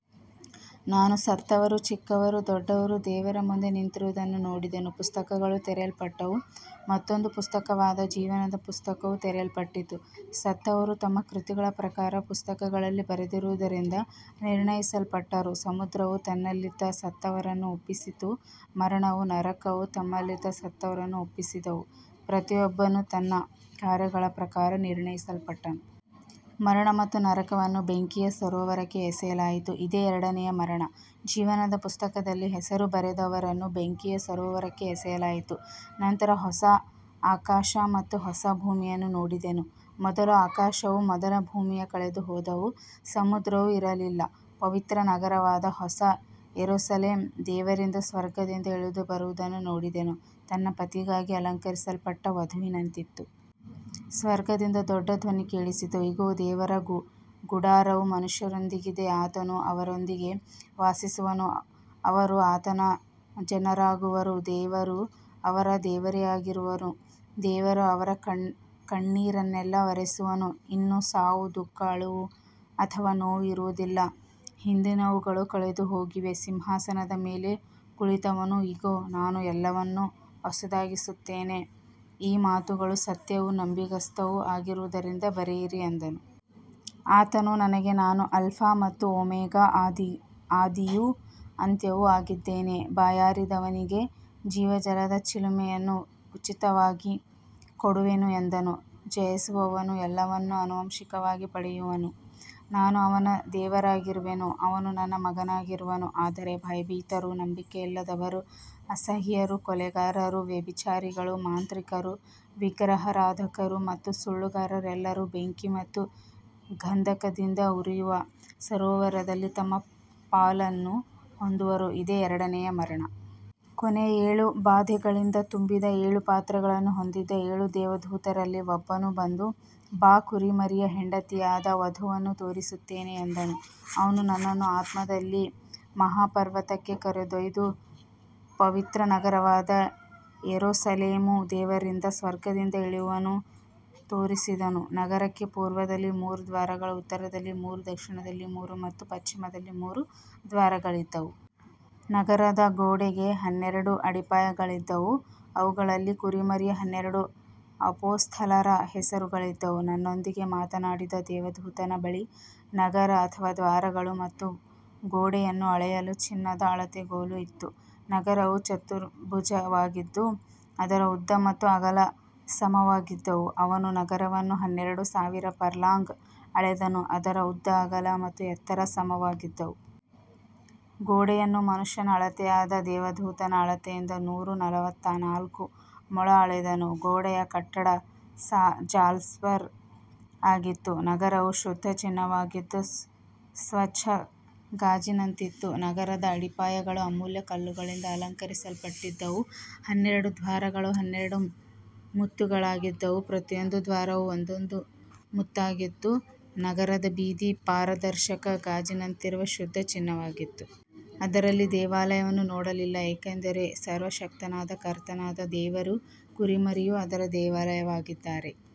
ನಾನು ಸತ್ತವರು, ಚಿಕ್ಕವರೂ ದೊಡ್ಡವರೂ, ದೇವರ ಮುಂದೆ ನಿಂತಿರುವುದನ್ನು ನೋಡಿದೆನು. ಪುಸ್ತಕಗಳು ತೆರೆಯಲ್ಪಟ್ಟವು, ಮತ್ತೊಂದು ಪುಸ್ತಕವಾದ ಜೀವನದ ಪುಸ್ತಕವೂ ತೆರೆಯಲ್ಪಟ್ಟಿತು. ಸತ್ತವರು ತಮ್ಮ ಕೃತಿಗಳ ಪ್ರಕಾರ ಪುಸ್ತಕಗಳಲ್ಲಿ ಬರೆದಿರುವುದರಿಂದ ನಿರ್ಣಯಿಸಲ್ಪಟ್ಟರು. ಸಮುದ್ರವು ತನ್ನಲ್ಲಿದ್ದ ಸತ್ತವರನ್ನು ಒಪ್ಪಿಸಿತು, ಮರಣವೂ ನರಕವೂ ತಮ್ಮಲ್ಲಿದ್ದ ಸತ್ತವರನ್ನು ಒಪ್ಪಿಸಿದವು. ಪ್ರತಿಯೊಬ್ಬನೂ ತನ್ನ ಕಾರ್ಯಗಳ ಪ್ರಕಾರ ನಿರ್ಣಯಿಸಲ್ಪಟ್ಟನು. ಮರಣ ಮತ್ತು ನರಕವನ್ನು ಬೆಂಕಿಯ ಸರೋವರಕ್ಕೆ ಎಸೆಯಲಾಯಿತು, ಇದೇ ಎರಡನೆಯ ಮರಣ. ಜೀವನದ ಪುಸ್ತಕದಲ್ಲಿ ಹೆಸರು ಬರೆಯದವರನ್ನೂ ಬೆಂಕಿಯ ಸರೋವರಕ್ಕೆ ಎಸೆಯಲಾಯಿತು. ನಂತರ ಹೊಸ ಆಕಾಶ ಮತ್ತು ಹೊಸ ಭೂಮಿಯನ್ನು ನೋಡಿದೆನು. ಮೊದಲ ಆಕಾಶವೂ ಮೊದಲ ಭೂಮಿಯೂ ಕಳೆದುಹೋದವು, ಸಮುದ್ರವೂ ಇರಲಿಲ್ಲ. ಪವಿತ್ರನಗರವಾದ ಹೊಸ ಯೆರೂಸಲೇಮು ದೇವರಿಂದ ಸ್ವರ್ಗದಿಂದ ಇಳಿದುಬರುವುದನ್ನು ನೋಡಿದೆನು, ತನ್ನ ಪತಿಗಾಗಿ ಅಲಂಕರಿಸಲ್ಪಟ್ಟ ವಧುವಿನಂತಿತ್ತು. ಸ್ವರ್ಗದಿಂದ ದೊಡ್ಡ ಧ್ವನಿ ಕೇಳಿಸಿತು, ಇಗೋ, ದೇವರ ಗುಡಾರವು ಮನುಷ್ಯರೊಂದಿಗಿದೆ, ಆತನು ಅವರೊಂದಿಗೆ ವಾಸಿಸುವನು, ಅವರು ಆತನ ಜನರಾಗುವರು, ದೇವರು ಅವರ ದೇವರಾಗಿರುವನು. ದೇವರು ಅವರ ಕಣ್ಣೀರನ್ನೆಲ್ಲ ಒರೆಸುವನು. ಇನ್ನು ಸಾವು, ದುಃಖ, ಅಳುವು ಅಥವಾ ನೋವು ಇರುವುದಿಲ್ಲ, ಹಿಂದಿನವುಗಳು ಕಳೆದುಹೋಗಿವೆ. ಸಿಂಹಾಸನದ ಮೇಲೆ ಕುಳಿತವನು, ಇಗೋ, ನಾನು ಎಲ್ಲವನ್ನೂ ಹೊಸದಾಗಿಸುತ್ತೇನೆ, ಈ ಮಾತುಗಳು ಸತ್ಯವೂ ನಂಬಿಗಸ್ತವೂ ಆಗಿರುವುದರಿಂದ ಬರೆಯಿರಿ ಎಂದನು. ಆತನು ನನಗೆ, ನಾನು ಆಲ್ಫಾ ಮತ್ತು ಓಮೆಗಾ, ಆದಿಯೂ ಅಂತ್ಯವೂ ಆಗಿದ್ದೇನೆ, ಬಾಯಾರಿದವನಿಗೆ ಜೀವಜಲದ ಚಿಲುಮೆಯನ್ನು ಉಚಿತವಾಗಿ ಕೊಡುವೆನು ಎಂದನು. ಜಯಿಸುವವನು ಎಲ್ಲವನ್ನೂ ಆನುವಂಶಿಕವಾಗಿ ಪಡೆಯುವನು, ನಾನು ಅವನ ದೇವರಾಗಿರುವೆನು, ಅವನು ನನ್ನ ಮಗನಾಗಿರುವನು. ಆದರೆ ಭಯಭೀತರು, ನಂಬಿಕೆಯಿಲ್ಲದವರು, ಅಸಹ್ಯರು, ಕೊಲೆಗಾರರು, ವ್ಯಭಿಚಾರಿಗಳು, ಮಾಂತ್ರಿಕರು, ವಿಗ್ರಹಾರಾಧಕರು ಮತ್ತು ಸುಳ್ಳುಗಾರರೆಲ್ಲರೂ ಬೆಂಕಿ ಮತ್ತು ಗಂಧಕದಿಂದ ಉರಿಯುವ ಸರೋವರದಲ್ಲಿ ತಮ್ಮ ಪಾಲನ್ನು ಹೊಂದುವರು, ಇದೇ ಎರಡನೆಯ ಮರಣ. ಕೊನೆಯ ಏಳು ಬಾಧೆಗಳಿಂದ ತುಂಬಿದ ಏಳು ಪಾತ್ರಗಳನ್ನು ಹೊಂದಿದ್ದ ಏಳು ದೇವದೂತರಲ್ಲಿ ಒಬ್ಬನು ಬಂದು, ಬಾ, ಕುರಿಮರಿಯ ಹೆಂಡತಿಯಾದ ವಧುವನ್ನು ತೋರಿಸುತ್ತೇನೆ ಎಂದನು. ಅವನು ನನ್ನನ್ನು ಆತ್ಮದಲ್ಲಿ ಮಹಾಪರ್ವತಕ್ಕೆ ಕರೆದೊಯ್ದು, ಪವಿತ್ರನಗರವಾದ ಯೆರೂಸಲೇಮು ದೇವರಿಂದ ಸ್ವರ್ಗದಿಂದ ಇಳಿಯುವುದನ್ನು ತೋರಿಸಿದನು. ನಗರಕ್ಕೆ ಪೂರ್ವದಲ್ಲಿ ಮೂರು ದ್ವಾರಗಳು, ಉತ್ತರದಲ್ಲಿ ಮೂರು, ದಕ್ಷಿಣದಲ್ಲಿ ಮೂರು ಮತ್ತು ಪಶ್ಚಿಮದಲ್ಲಿ ಮೂರು ದ್ವಾರಗಳಿದ್ದವು. ನಗರದ ಗೋಡೆಗೆ ಹನ್ನೆರಡು ಅಡಿಪಾಯಗಳಿದ್ದವು, ಅವುಗಳಲ್ಲಿ ಕುರಿಮರಿಯ ಹನ್ನೆರಡು ಅಪೊಸ್ತಲರ ಹೆಸರುಗಳಿದ್ದವು. ನನ್ನೊಂದಿಗೆ ಮಾತನಾಡಿದ ದೇವದೂತನ ಬಳಿ ನಗರ, ಅದರ ದ್ವಾರಗಳು ಮತ್ತು ಗೋಡೆಯನ್ನು ಅಳೆಯಲು ಚಿನ್ನದ ಅಳತೆಗೋಲು ಇತ್ತು. ನಗರವು ಚತುರ್ಭುಜವಾಗಿದ್ದು, ಅದರ ಉದ್ದ ಮತ್ತು ಅಗಲ ಸಮವಾಗಿದ್ದವು. ಅವನು ನಗರವನ್ನು ಹನ್ನೆರಡು ಸಾವಿರ ಫರ್ಲಾಂಗ್ ಅಳೆದನು, ಅದರ ಉದ್ದ, ಅಗಲ ಮತ್ತು ಎತ್ತರ ಸಮವಾಗಿದ್ದವು. ಗೋಡೆಯನ್ನು ಮನುಷ್ಯನ ಅಳತೆಯಾದ ದೇವದೂತನ ಅಳತೆಯಿಂದ ನೂರ ನಲವತ್ತನಾಲ್ಕು ಮೊಳ ಅಳೆದನು. ಗೋಡೆಯ ಕಟ್ಟಡ ಜಾಸ್ಪರ್ ಆಗಿತ್ತು, ನಗರವು ಶುದ್ಧ ಚಿನ್ನವಾಗಿದ್ದು, ಸ್ವಚ್ಛ ಗಾಜಿನಂತಿತ್ತು. ನಗರದ ಅಡಿಪಾಯಗಳು ಅಮೂಲ್ಯ ಕಲ್ಲುಗಳಿಂದ ಅಲಂಕರಿಸಲ್ಪಟ್ಟಿದ್ದವು, ಹನ್ನೆರಡು ದ್ವಾರಗಳು ಹನ್ನೆರಡು ಮುತ್ತುಗಳಾಗಿದ್ದವು, ಪ್ರತಿಯೊಂದು ದ್ವಾರವೂ ಒಂದೊಂದು ಮುತ್ತಾಗಿತ್ತು. ನಗರದ ಬೀದಿ ಪಾರದರ್ಶಕ ಗಾಜಿನಂತಿರುವ ಶುದ್ಧ ಚಿನ್ನವಾಗಿತ್ತು. ಅದರಲ್ಲಿ ದೇವಾಲಯವನ್ನು ನೋಡಲಿಲ್ಲ, ಏಕೆಂದರೆ ಸರ್ವಶಕ್ತನಾದ ಕರ್ತನಾದ ದೇವರೂ ಕುರಿಮರಿಯೂ ಅದರ ದೇವಾಲಯವಾಗಿದ್ದಾರೆ.